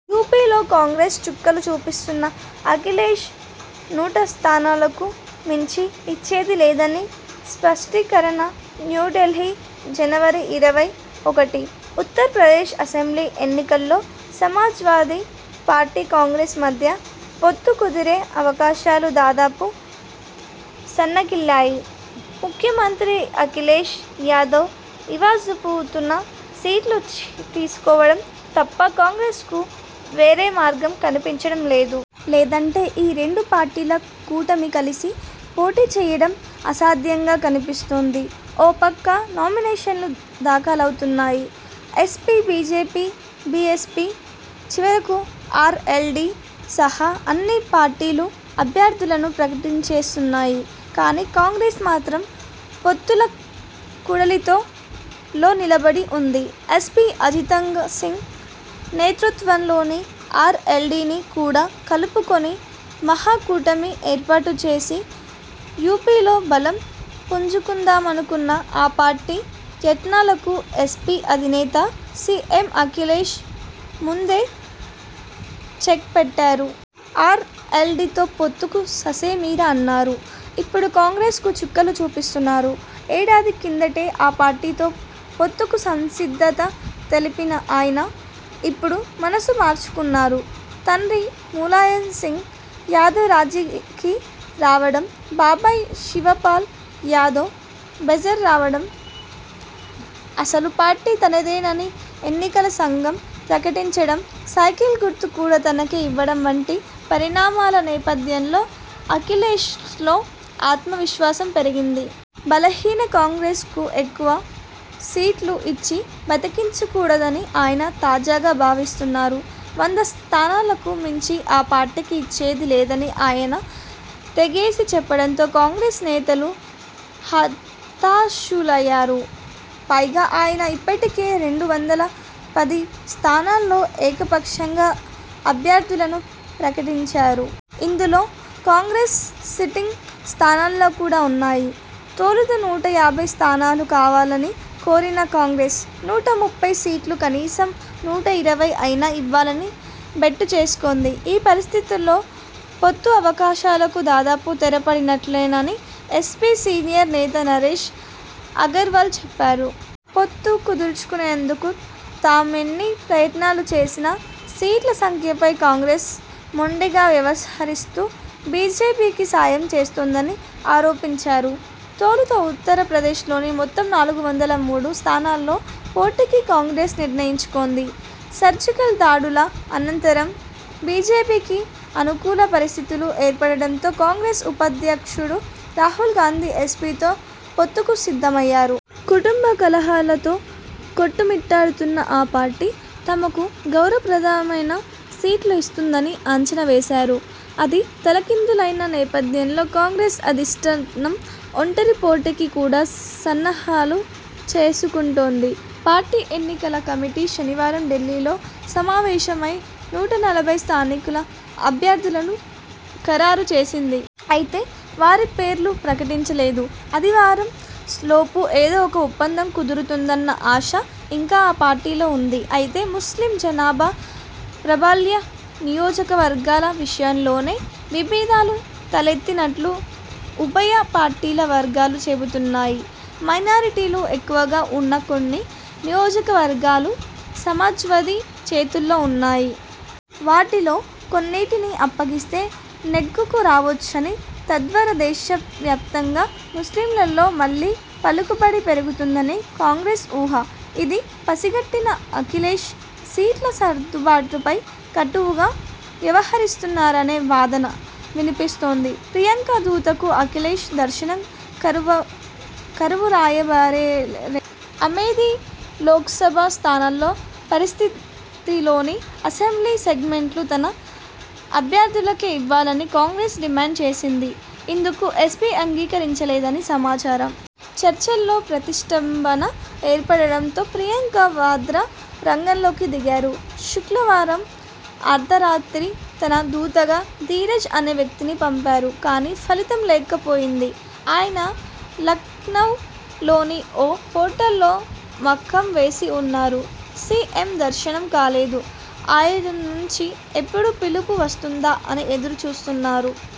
యూపీలో కాంగ్రెస్కు చుక్కలు చూపిస్తున్న అఖిలేశ్ నూట స్థానాలకు మించి ఇచ్చేది లేదని స్పష్టీకరణ న్యూఢిల్లీ, జనవరి ఇరవై ఒకటి. ఉత్తరప్రదేశ్ అసెంబ్లీ ఎన్నికల్లో సమాజ్వాదీ పార్టీ, కాంగ్రెస్ మధ్య పొత్తు కుదిరే అవకాశాలు దాదాపు సన్నగిల్లాయి. ముఖ్యమంత్రి అఖిలేశ్ యాదవ్ ఇవ్వజూపుతున్న సీట్లు తీసుకోవడం తప్ప కాంగ్రెస్ కు వేరేమార్గం కనిపించడం లేదు. లేదంటే ఈ రెండు పార్టీల కూటమి కలిసి పోటీచేయడం అసాధ్యంగా కనిపిస్తోంది. ఓ పక్క నామినేషన్లు దాఖలవుతున్నాయి. ఎస్పీ, బీజేపీ, బీఎ్సపీ, చివరకు ఆర్ఎల్డీ సహా అన్ని పార్టీలూ అభ్యర్థులను ప్రకటించేస్తున్నాయి. కానీ కాంగ్రెస్ మాత్రం పొత్తుల కూడలిలో నిలబడి ఉంది. ఎస్పీ, అజితసింగ్ నేతృత్వంలోని ఆర్ఎల్డీని కూడా కలుపుకొని మహాకూటమి ఏర్పాటుచేసి యూపీలో బలం పుంజుకుందామనుకున్న ఆ పార్టీ యత్నాలకు ఎస్పీ అధినేత, సీఎం అఖిలేశ్ ముందే చెక్పెట్టారు. ఆర్ఎల్డీతో పొత్తుకు ససేమిరా అన్నారు. ఇప్పుడు కాంగ్రెస్కూ చుక్కలు చూపిస్తున్నారు. ఏడాది కిందటే ఆ పార్టీతో పొత్తుకు సంసిద్ధత తెలిపిన ఆయన, ఇప్పుడు మనసు మార్చుకున్నారు. తండ్రి ములాయంసింగ్ యాదవ్ రాజీకి రావడం, బాబాయి శివపాల్ యాదవ్ బేజారవడం, అసలు పార్టీ తనదేనని ఎన్నికల సంఘం ప్రకటించడం, సైకిల్ గుర్తు కూడా తనకే ఇవ్వడం వంటి పరిణామాల నేపథ్యంలో అఖిలేశ్లో ఆత్మవిశ్వాసం పెరిగింది. బలహీన కాంగ్రెస్ కు ఎక్కువ సీట్లు ఇచ్చి బతికించకూడదని ఆయన తాజాగా భావిస్తున్నారు. వంద స్థానాలకు మించి ఆ పార్టీకి ఇచ్చేది లేదని ఆయన తెగేసి చెప్పడంతో కాంగ్రెస్ నేతలు హతాశులయ్యారు. పైగా ఆయన ఇప్పటికే రెండు వందల పది స్థానాల్లో ఏకపక్షంగా అభ్యర్థులను ప్రకటించారు. ఇందులో కాంగ్రెస్ సిట్టింగ్ స్థానాలు కూడా ఉన్నాయి. తొలుత నూట యాభై స్థానాలు కావాలని కోరిన కాంగ్రెస్. నూట ముప్పై సీట్లు, కనీసం నూట ఇరవై అయినా ఇవ్వాలని బెట్టుచేస్తోంది. ఈ పరిస్థితుల్లో పొత్తు అవకాశాలకు దాదాపు తెరపడినట్లేనని ఎస్పీ సీనియర్ నేత నరేశ్ అగర్వాల్ చెప్పారు. పొత్తు కుదుర్చుకునేందుకు తామెన్ని ప్రయత్నాలు చేసినా, సీట్ల సంఖ్యపై కాంగ్రెస్ మొండిగా వ్యవహరిస్తూ బీజేపీకి సాయం చేస్తోందని ఆరోపించారు. తొలుత ఉత్తరప్రదేశ్లోని మొత్తం నాలుగు వందల మూడు స్థానాల్లో పోటీకి కాంగ్రెస్ నిర్ణయించుకుంది. సర్జికల్ దాడుల అనంతరం బీజేపీకి అనుకూల పరిస్థితులు ఏర్పడడంతో కాంగ్రెస్ ఉపాధ్యక్షుడు రాహుల్ గాంధీ ఎస్పీ తో పొత్తుకు సిద్ధమయ్యారు. కుటుంబ కలహాలతో కొట్టుమిట్టాడుతున్న ఆ పార్టీ, తమకు గౌరవప్రదమైన సీట్లు ఇస్తుందని అంచనా వేశారు. అది తలకిందులైన నేపథ్యంలో కాంగ్రెస్ అధిష్ఠానం ఒంటరి పోటీకి కూడా సన్నాహాలు చేసుకుంటోంది. పార్టీ ఎన్నికల కమిటీ శనివారం ఢిల్లీలో సమావేశమై. నూట నలభై స్థానాలకు అభ్యర్థులను ఖరారు చేసింది. అయితే వారి పేర్లు ప్రకటించలేదు. ఆదివారం లోపు ఏదో ఒక ఒప్పందం కుదురుతుందన్న ఆశ ఇంకా ఆ పార్టీలో ఉంది. అయితే, ముస్లిం జనాభా ప్రాబల్య నియోజకవర్గాల విషయంలోనే విభేదాలు తలెత్తినట్లు ఉభయ పార్టీల వర్గాలు చెబుతున్నాయి. మైనారిటీలు ఎక్కువగా ఉన్న కొన్ని నియోజకవర్గాలు సమాజ్వాదీ చేతుల్లో ఉన్నాయి. వాటిలో కొన్నిటిని అప్పగిస్తే, నెగ్గుకు రావొచ్చని, తద్వారా దేశవ్యాప్తంగా ముస్లింలలో మళ్లీ పలుకుబడి పెరుగుతుందని కాంగ్రెస్ ఊహ. ఇది పసిగట్టిన అఖిలేశ్ సీట్ల సర్దుబాటుపై కటువుగా వ్యవహరిస్తున్నారనే వాదన వినిపిస్తోంది. ప్రియాంక దూతకు అఖిలేశ్ దర్శనం కరవ కరువురాయ్బరే అమేథీ లోక్సభ స్థానాల పరిధిలోని అసెంబ్లీ సెగ్మెంట్లు తన అభ్యర్థులకే ఇవ్వాలని కాంగ్రెస్ డిమాండ్ చేసిందని, ఇందుకు ఎస్పీ అంగీకరించలేదని సమాచారం. చర్చల్లో ప్రతిష్టంభన ఏర్పడడంతో ప్రియాంకా వాధ్రా రంగంలోకి దిగారు. శుక్రవారం అర్ధరాత్రి తన దూతగా 'ధీరజ్' అనే వ్యక్తిని పంపారు. కానీ ఫలితం లేకపోయింది. ఆయన లఖ్నవ్ లోని ఓ హోటల్లో మకాం వేసి ఉన్నారు. సీఎం దర్శనం కాలేదు. ఆయన్నుంచి ఎప్పుడు పిలుపు వస్తుందా అని ఎదురుచూస్తున్నారు.